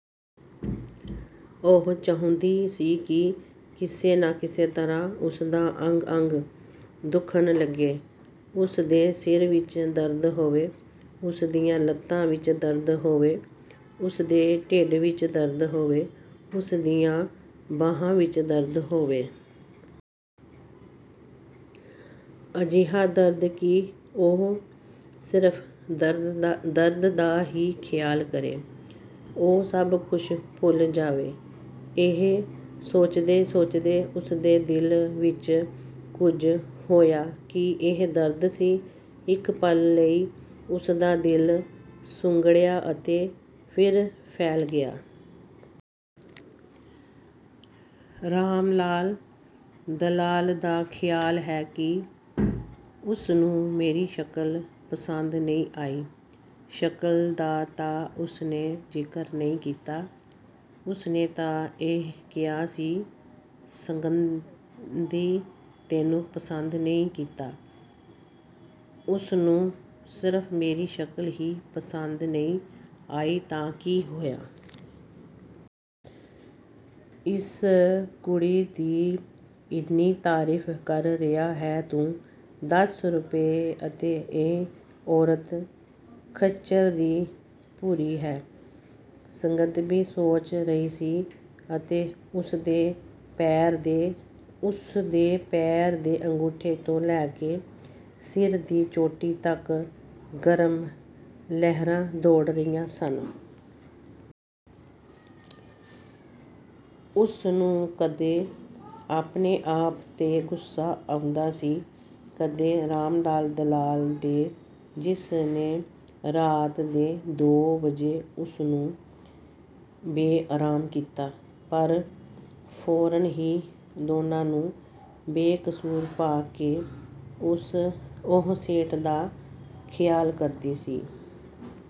ਉਹ ਚਾਹੁੰਦੀ ਸੀ ਕਿ ਕਿਸੇ ਨਾ ਕਿਸੇ ਤਰ੍ਹਾਂ ਉਸਦਾ ਅੰਗ ਅੰਗ ਦੁੱਖਣ ਲੱਗੇ। ਉਸਦੇ ਸਿਰ ਵਿੱਚ ਦਰਦ ਹੋਵੇ, ਉਸਦੀਆਂ ਲੱਤਾਂ ਵਿੱਚ ਦਰਦ ਹੋਵੇ, ਉਸਦੇ ਢਿੱਡ ਵਿੱਚ ਦਰਦ ਹੋਵੇ, ਉਸਦੀਆਂ ਬਾਹਾਂ ਵਿੱਚ ਦਰਦ ਹੋਵੇ। ਅਜਿਹਾ ਦਰਦ ਕਿ ਉਹ ਸਿਰਫ ਦਰਦ ਦਾ ਹੀ ਖਿਆਲ ਕਰੇ, ਹੋਰ ਸਭ ਕੁਝ ਭੁੱਲ ਜਾਵੇ। ਇਹ ਸੋਚਦੇ ਸੋਚਦੇ ਉਸਦੇ ਦਿਲ ਵਿੱਚ ਕੁਝ ਹੋਇਆ। ਕੀ ਇਹ ਦਰਦ ਸੀ? ਇੱਕ ਪਲ ਲਈ ਉਸਦਾ ਦਿਲ ਸੁੰਗੜਿਆ ਅਤੇ ਫਿਰ ਫੈਲ ਗਿਆ। ਰਾਮ ਲਾਲ ਦਲਾਲ ਦਾ ਖਿਆਲ ਹੈ ਕਿ ਉਸਨੂੰ ਮੇਰੀ ਸ਼ਕਲ ਪਸੰਦ ਨਹੀਂ ਆਈ। ਸ਼ਕਲ ਦਾ ਤਾਂ ਉਸਨੇ ਜ਼ਿਕਰ ਨਹੀਂ ਕੀਤਾ। ਉਸਨੇ ਤਾਂ ਇਹ ਕਿਹਾ ਸੀ, ਸੌਗੰਧੀ ਤੈਨੂੰ ਪਸੰਦ ਨਹੀਂ ਕੀਤਾ। ਉਸਨੂੰ, ਉਸਨੂੰ, ਸਿਰਫ ਮੇਰੀ ਸ਼ਕਲ ਹੀ ਪਸੰਦ ਨਹੀਂ ਆਈ ਤਾਂ ਕੀ ਹੋਇਆ? ਇਸ ਕੁੜੀ ਦੀ ਇੰਨੀ ਤਾਰੀਫ ਕਰ ਰਿਹਾ ਹੈ ਤੂੰ, ਦਸ ਰੁਪਏ ਅਤੇ ਇਹ ਔਰਤ ਖੱਚਰ ਕੀ ਬੁਰੀ ਹੈ। ਸੌਗੰਧੀ ਸੋਚ ਰਹੀ ਸੀ ਅਤੇ ਉਸਦੇ ਪੈਰ ਦੇ ਅੰਗੂਠੇ ਤੋਂ ਲੈ ਕੇ ਸਿਰ ਦੀ ਚੋਟੀ ਤੱਕ ਗਰਮ ਲਹਿਰਾਂ ਦੌੜ ਰਹੀਆਂ ਸਨ। ਉਸਨੂੰ ਕਦੇ ਆਪਣੇ ਆਪ ਤੇ ਗੁੱਸਾ ਆਉਂਦਾ ਸੀ, ਕਦੇ ਰਾਮਲਾਲ ਦਲਾਲ ਤੇ ਜਿਸ ਨੇ ਰਾਤ ਦੇ ਦੋ ਵਜੇ ਉਸਨੂੰ ਬੇਆਰਾਮ ਕੀਤਾ। ਪਰ ਫੌਰਨ ਹੀ ਦੋਨਾਂ ਨੂੰ ਬੇਕਸੂਰ ਪਾ ਕੇ ਉਹ ਸੇਠ ਦਾ ਖਿਆਲ ਕਰਦੀ ਸੀ।